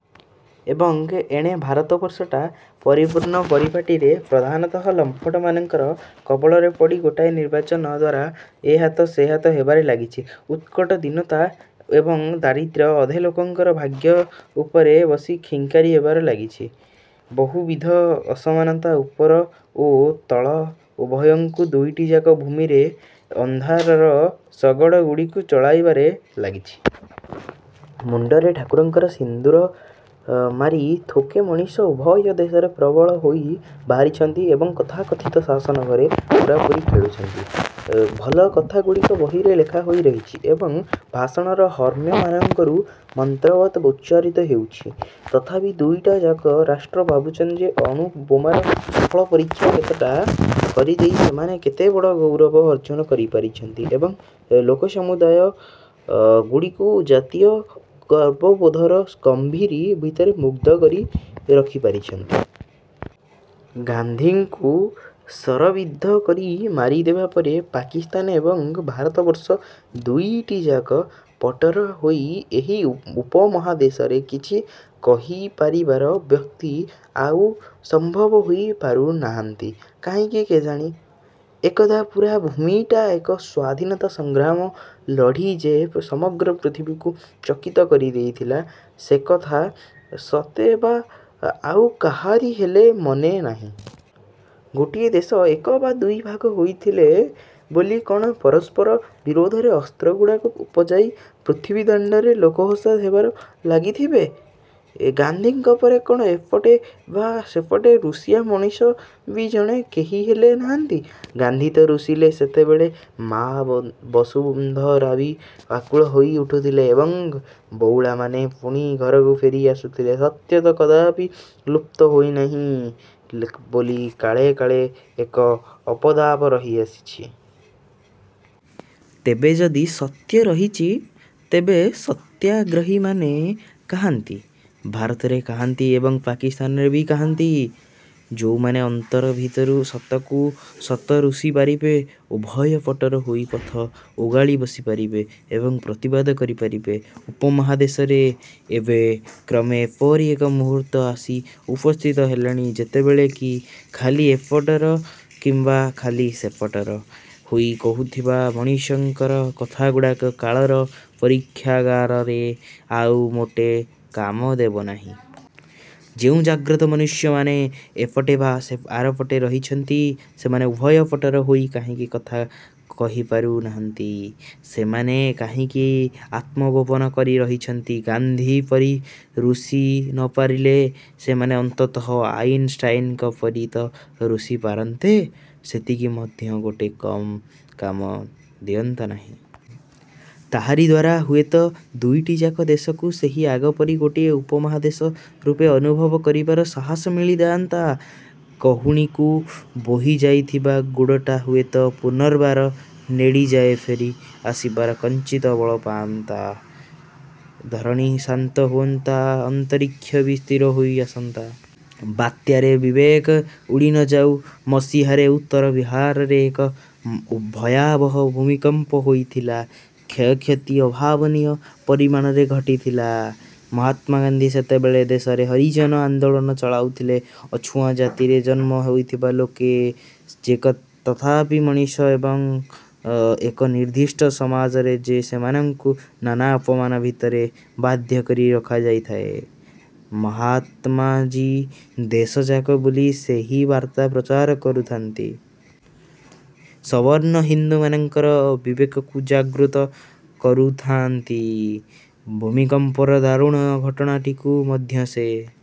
ଏବଂ ଏଣେ ଭାରତବର୍ଷଟା ପରିପୂର୍ଣ୍ଣ ପରିପାଟୀରେ ପ୍ରଧାନତଃ ଲମ୍ପଟ ମାନଙ୍କର କବଳରେ ପଡ଼ି ଗୋଟାଏ ନିର୍ବାଚନ ଦ୍ଵାରା ଏ ହାତ ସେ ହାତ ହେବାରେ ଲାଗିଛି। ଉତ୍କଟ ଦୀନତା ଏବଂ ଦାରିଦ୍ର୍ୟ ଅଧେ ଲୋକଙ୍କର ଭାଗ୍ୟ ଉପରେ ବସି ଖିଙ୍କାରି ହେବାରେ ଲାଗିଛି। ବହୁବିଧ ଅସମାନତା ଉପର ଓ ତଳ ଉଭୟଙ୍କୁ ଦୁଇଟିଯାକ ଭୂମିରେ ଅନ୍ଧାରର ଶଗଡ଼ଗୁଡ଼ିକୁ ଚଲାଇବାରେ ଲାଗିଛି। ମୁଣ୍ଡରେ ଠାକୁରଙ୍କର ସିନ୍ଦୁର ମାରି ଥୋକେ ମଣିଷ ଉଭୟ ଦେଶରେ ପ୍ରବଳ ହୋଇ ବାହାରିଛନ୍ତି ଏବଂ ତଥାକଥିତ ଶାସନଘରେ ପୂରାପୂରି ଖେଳୁଛନ୍ତି। ଭଲ କଥାଗୁଡ଼ିକ ବହିରେ ଲେଖାହୋଇ ରହିଛି ଏବଂ ଭାଷଣର ହର୍ମ୍ୟମାନଙ୍କରୁ ମନ୍ତ୍ରବତ୍ ଉଚ୍ଚାରିତ ହେଉଛି। ତଥାପି ଦୁଇଟାଯାକ ରାଷ୍ଟ୍ର ଭାବୁଛନ୍ତି ଯେ ଅଣୁ ବୋମାର ସଫଳ ପରୀକ୍ଷା କେତେଟା କରିଦେଇ ସେମାନେ କେଡ଼େ ବଡ଼ ଗୌରବ ଅର୍ଜନ କରିପାରିଛନ୍ତି ଏବଂ ଲୋକସମୁଦାୟ ଗୁଡ଼ିକୁ ଜାତୀୟ ଗର୍ବବୋଧର ଗମ୍ଭୀରି ଭିତରେ ମୁଗ୍ଧ କରି ରଖିପାରିଛନ୍ତି। ଗାନ୍ଧୀଙ୍କୁ ଶରବିଦ୍ଧ କରି ମାରିଦେବା ପରେ ପାକିସ୍ତାନ ଏବଂ ଭାରତବର୍ଷ ଦୁଇଟିଯାକ ପଟର ହୋଇ ଏହି ଉପ ଉପମହାଦେଶରେ କିଛି କହିପାରିବାର ବ୍ୟକ୍ତି ଆଉ ସମ୍ଭବ ହୋଇ ପାରୁନାହାନ୍ତି କାହିଁକି କେଜାଣି? ଏକଦା ପୂରା ଭୂମିଟା ଏକ ସ୍ୱାଧୀନତା ସଂଗ୍ରାମ ଲଢ଼ି ଯେ ସମଗ୍ର ପୃଥିବୀକୁ ଚକିତ କରିଦେଇଥିଲା, ସେକଥା ସତେଅବା ଆଉ କାହାରି ହେଲେ ମନେନାହିଁ। ଗୋଟିଏ ଦେଶ ଏକ ବା ଦୁଇ ଭାଗ ହୋଇଥିଲେ ବୋଲି କଣ ପରସ୍ପର ବିରୋଧରେ ଅସ୍ତ୍ରଗୁଡ଼ାକୁ ପଜାଇ ପୃଥିବୀଦାଣ୍ଡରେ ଲୋକହସା ହେବାରେ ଲାଗିଥିବେ?ଏ ଗାନ୍ଧୀଙ୍କ ପରେ କଣ ଏପଟେ ବା ସେପଟେ ରୁଷିବା ମଣିଷ ବି ଜଣେ କେହିହେଲେ ନାହାନ୍ତି? ଗାନ୍ଧୀ ତ ରୁଷିଲେ ସେତେବେଳେ ମାଆ ବନ ବସୁନ୍ଧରାବି ଆକୁଳ ହୋଇ ଉଠୁଥିଲେ ଏବଂ ବାଉଳାମାନେ ପୁଣି ଘରକୁ ଫେରି ଆସୁଥିଲେ, ସତ୍ୟ ତ କଦାପି ଲୁପ୍ତ ହୋଇଯାଏ ନାହିଁ ବୋଲି କାଳେ କାଳେ ଏକ ଅପଦାବ ରହିଆସିଛି। ତେବେ ଯଦି ସତ୍ୟ ରହିଛି, ତେବେ ସତ୍ୟାଗ୍ରହୀମାନେ କାହାନ୍ତି? ଭାରତରେ କାହାନ୍ତି ଏବଂ ପାକିସ୍ତାନରେ ବି କାହାନ୍ତି? ଯୋଉମାନେ ଅନ୍ତର ଭିତରୁ ସତକୁ ସତ ରୁଷିପାରିବେ, ଉଭୟ ପଟର ହୋଇ ପଥ ଓଗାଳି ବସିପାରିବେ ଏବଂ ପ୍ରତିବାଦ କରିପାରିବେ? ଉପମହାଦେଶରେ ଏବେ କ୍ରମେ ଏପରି ଏକ ମୁହୂର୍ତ୍ତ ଆସି ଉପସ୍ଥିତ ହେଲାଣି, ଯେତେବେଳେ କି ଖାଲି ଏପଟର କିମ୍ବା ଖାଲି ସେପଟର ହୋଇ କହୁଥିବା ମଣିଷଙ୍କର କଥାଗୁଡ଼ାକ କାଳର ପରୀକ୍ଷାଗାରରେ ଆଉ ମୋଟେ କାମ ଦେବନାହିଁ। ଯେଉଁ ଜାଗ୍ରତ ମନୁଷ୍ୟମାନେ ଏପଟେ ବା ସେପ ଆରପଟେ ରହିଛନ୍ତି, ସେମାନେ ଉଭୟ ପଟର ହୋଇ କାହିଁକି କଥା କହିପାରୁ ନାହାନ୍ତି? ସେମାନେ କାହିଁକି ଆତ୍ମଗୋପନ କରି ରହିଛନ୍ତି? ଗାନ୍ଧୀପରି ରୁଷି ନପାରିଲେ ସେମାନେ ଅନ୍ତତଃ ଆଇନଷ୍ଟାଇଙ୍କ ପରି ତ ରୁଷି ପାରନ୍ତେ। ସେତିକି ମଧ୍ୟ ମୋଟେ କମ୍ କାମ ଦିଅନ୍ତା ନାହିଁ। ତାହାରି ଦ୍ୱାରା ହୁଏତ ଦୁଇଟିଯାକ ଦେଶକୁ ସେହି ଆଗପରି ଗୋଟିଏ ଉପମହାଦେଶ ରୂପେ ଅନୁଭବ କରିବାର ସାହସ ମିଳିଯାଆନ୍ତା। କହୁଣୀକୁ ବୋହିଯାଇଥିବା ଗୁଡ଼ଟା ହୁଏତ ପୁନର୍ବାର ନେଡ଼ିଯାଏ ଫେରି ଆସିବାର କିଞ୍ଚିତ ବଳ ପାଆନ୍ତା, ଧରଣୀ ଶାନ୍ତ ହୁଅନ୍ତା। ଅନ୍ତରୀକ୍ଷ ବି ସ୍ଥିର ହୋଇ ଆସନ୍ତା। ବାତ୍ୟାରେ ବିବେକ ଉଡ଼ିନଯାଉ ମସିହାରେ ଉତ୍ତର ବିହାରରେ ଏକ ଉ ଭୟାବହ ଭୂମିକମ୍ପ ହୋଇଥିଲା, କ୍ଷୟକ୍ଷତି ଅଭାବନୀୟ ପରିମାଣରେ ଘଟିଥିଲା। ମହାତ୍ମା ଗାନ୍ଧୀ ସେତେବେଳେ ଦେଶରେ ହରିଜନ ଆନ୍ଦୋଳନ ଚଳାଉଥିଲେ। ଅଛୁଆଁ ଜାତିରେ ଜନ୍ମ ହୋଇଥିବା ଲୋକେ ଯେ ତଥାପି ମଣିଷ ଏବଂ ଏକ ନିର୍ଦ୍ଦିଷ୍ଟ ସମାଜରେ ଯେ ସେମାନଙ୍କୁ ନାନା ଅପମାନ ଭିତରେ ବାଧ୍ୟ କରି ରଖାଯାଇଥାଏ, ମହାତ୍ମାଜୀ ଦେଶଯାକ ବୁଲି ସେହି ବାର୍ତ୍ତା ପ୍ରଚାର କରୁଥାନ୍ତି। ସବର୍ଣ୍ଣ ହିନ୍ଦୁମାନଙ୍କର ବିବେକକୁ ଜାଗୃତ କରୁଥାଆନ୍ତି। ଭୂମିକମ୍ପର ଦାରୁଣ ଘଟଣାଟିକୁ ମଧ୍ୟ ସେ